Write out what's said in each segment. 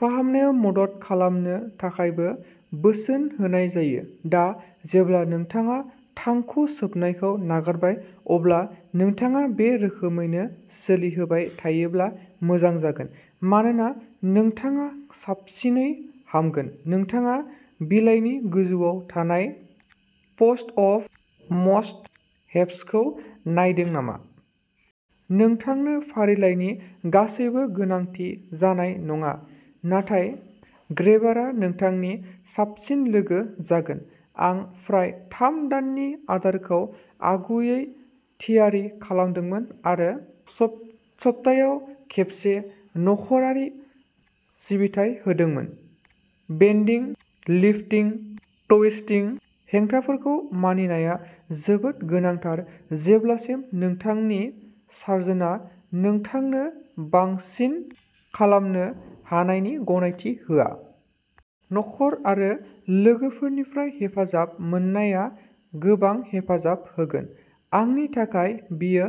फाहामनायाव मदद खालामनो थाखायबो बोसोन होनाय जायो। दा जेब्ला नोंथाङा थांखु सोबनायखौ नागारबाय, अब्ला नोंथाङा बे रोखोमैनो सोलिहोबाय थायोब्ला मोजां जागोन, मानोना नोंथाङा साबसिनै हामगोन। नोंथाङा बिलाइनि गोजौआव थानाय पोस्ट-अप मस्ट हेभ्सखौ नायदों नामा? नोंथांनो फारिलाइनि गासैबो गोनांथि जानाय नङा, नाथाय ग्रेबारआ नोंथांनि "साबसिन लोगो" जागोन। आं फ्राय थाम दाननि आदारखौ आगुयै थियारि खालामदोंमोन आरो सप्तायाव खेबसे नख'रारि सिबिथाइ होदोंमोन। बेन्दिं-लिफ्टिं-ट्विस्टिं हेंथाफोरखौ मानिनाया जोबोद गोनांथार जेब्लासिम नोंथांनि सार्जनआ नोंथांनो बांसिन खालामनो हानायनि गनायथि होआ। नखर आरो लोगोफोरनिफ्राय हेफाजाब मोननाया गोबां हेफाजाब होगोन। आंनि थाखाय, बेयो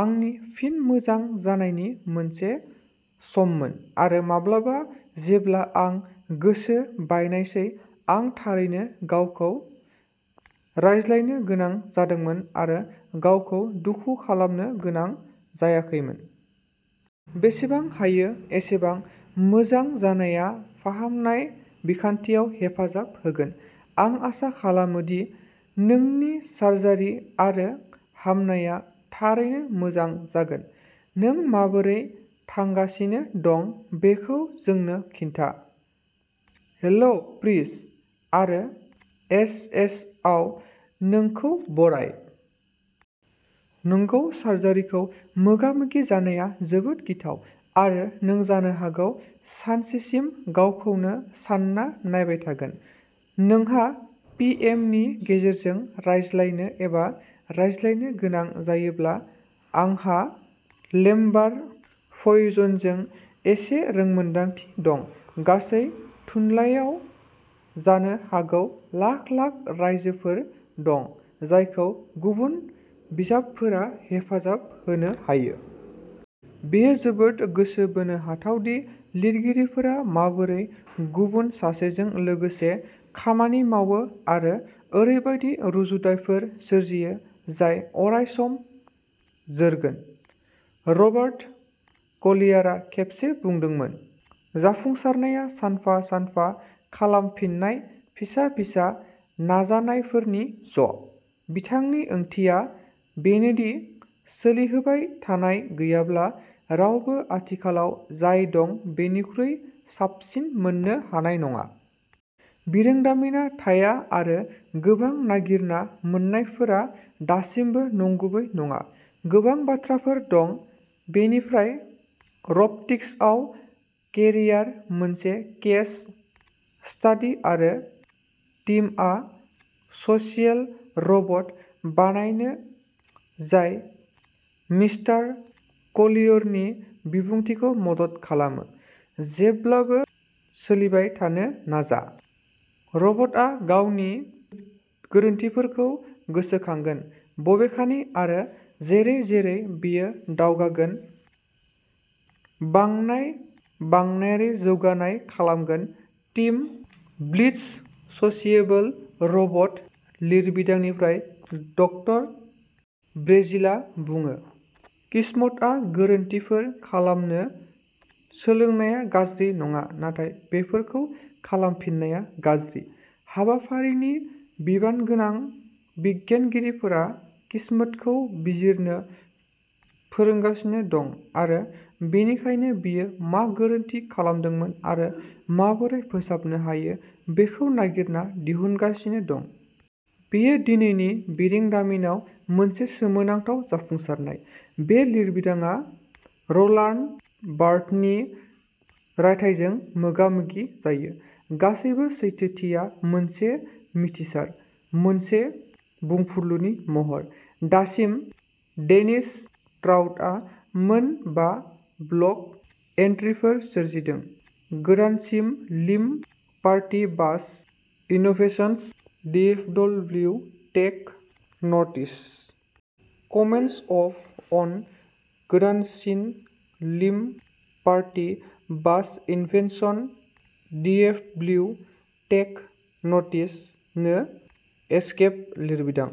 आंनि फिन मोजां जानायनि मोनसे सममोन, आरो माब्लाबा जेब्ला आं गोसो बायनायसै, आं थारैनो गावखौ रायज्लायनो गोनां जादोंमोन आरो गावखौ दुखु खालामनो गोनां जायाखैमोन। जेसेबां हायो एसेबां मोजां जानाया फाहामनाय बिखान्थियाव हेफाजाब होगोन। आं आसा खालामो दि नोंनि सार्जारि आरो हामनाया थारैनो मोजां जागोन। नों माबोरै थांगासिनो दं बेखौ जोंनो खोन्था। हेलो प्रिस आरो एसएचआव नोंखौ बराय!! नंगौ सार्जारिखौ मोगा-मोगि जानाया जोबोद गिथाव आरो नों जानो हागौ सानसेसिम गावखौनो सान्ना नायबाय थागोन!! नोंहा पि. एम. नि गेजेरजों रायज्लायनो एबा रायज्लायनो गोनां जायोब्ला... आंहा लेम्बार फ्युजनजों एसे रोंमोन्दांथि दं!! गासै थुनलाइयाव जानो हागौ लाख लाख रायथाइफोर दं जायखौ गुबुन बिजाबफोरा हेफाजाब होनो हायो। बेयो जोबोद गोसो बोनो हाथाव दि लिरगिरिफोरा माबोरै गुबुन सासेजों लोगोसे खामानि मावो आरो ओरैबायदि रुजुथायफोर सोरजियो जाय अरायसम जोरगोन। रबार्ट कलियारा खेबसे बुंदोंमोन, "जाफुंसारनाया सानफा-सानफा खालामफिननाय फिसा-फिसा नाजानायफोरनि ज'।" बिथांनि ओंथिया बेनोदि सोलिहोबाय थानाय गैयाब्ला, रावबो आथिखालाव जाय दं बेनिख्रुइ साबसिन मोन्नो हानाय नङा। बिरोंदामिनआ थाया आरो गोबां नागिरना मोन्नायफोरा दासिमबो नंगुबै नङा। गोबां बाथ्राफोर दं। निफ्राय, रब'टिक्सआव केरियारः मोनसे केस स्टादि आरो टीमआ'सोसियेबल'रब'ट बानायो जाय मिस्टार कलियारनि बिबुंथिखौ मदद खालामो, जेब्लाबो सोलिबाय थानो नाजा। "रब'टआ गावनि गोरोन्थिफोरखौ'गोसोखांगोन ', बबेखानि, आरो जेरै-जेरै बेयो दावगागोन, बांनाय-बांनायारि जौगानाय खालामगोन", टिम बिल्ड्स'सोसियेबल'रब'ट लिरबिदांनिफ्राय ड. ब्रेजिलआ बुङो। किस्मटआ गोरोन्थिफोर खालामनो सोलोंनाया गाज्रि नङा, नाथाय बेफोरखौ खालामफिननाया गाज्रि। हाबाफारिनि बिबानगोनां बिगियानगिरिफोरा किस्मटखौ बिजिरनो फोरोंगासिनो दं आरो बेनिखायनो बियो मा गोरोन्थि खालामदोंमोन आरो माबोरै फोसाबनो हायो बेखौ नागिरना दिहुनगासिनो दं। बेयो दिनैनि बिरोंदामिनआव मोनसे सोमोनांथाव जाफुंसारनाय। बे लिरबिदांआ र'लान्ड बार्थनि रायथाइजों मोगामोगि जायो "गासैबो सैथोथिया मोनसे मिथिसार, मोनसे बुंफुरलुनि महर"। दासिम डेनिस ट्राउटआ मोन बा ब्लग एन्ट्रिफोर सोरजिदों। गोदानसिन लिम'पार्टि bus Innovations DFW tech notice! Comments off on गोदानसिन लिम'पार्टि bus innovations D F W tech notice! No escape लिरबिद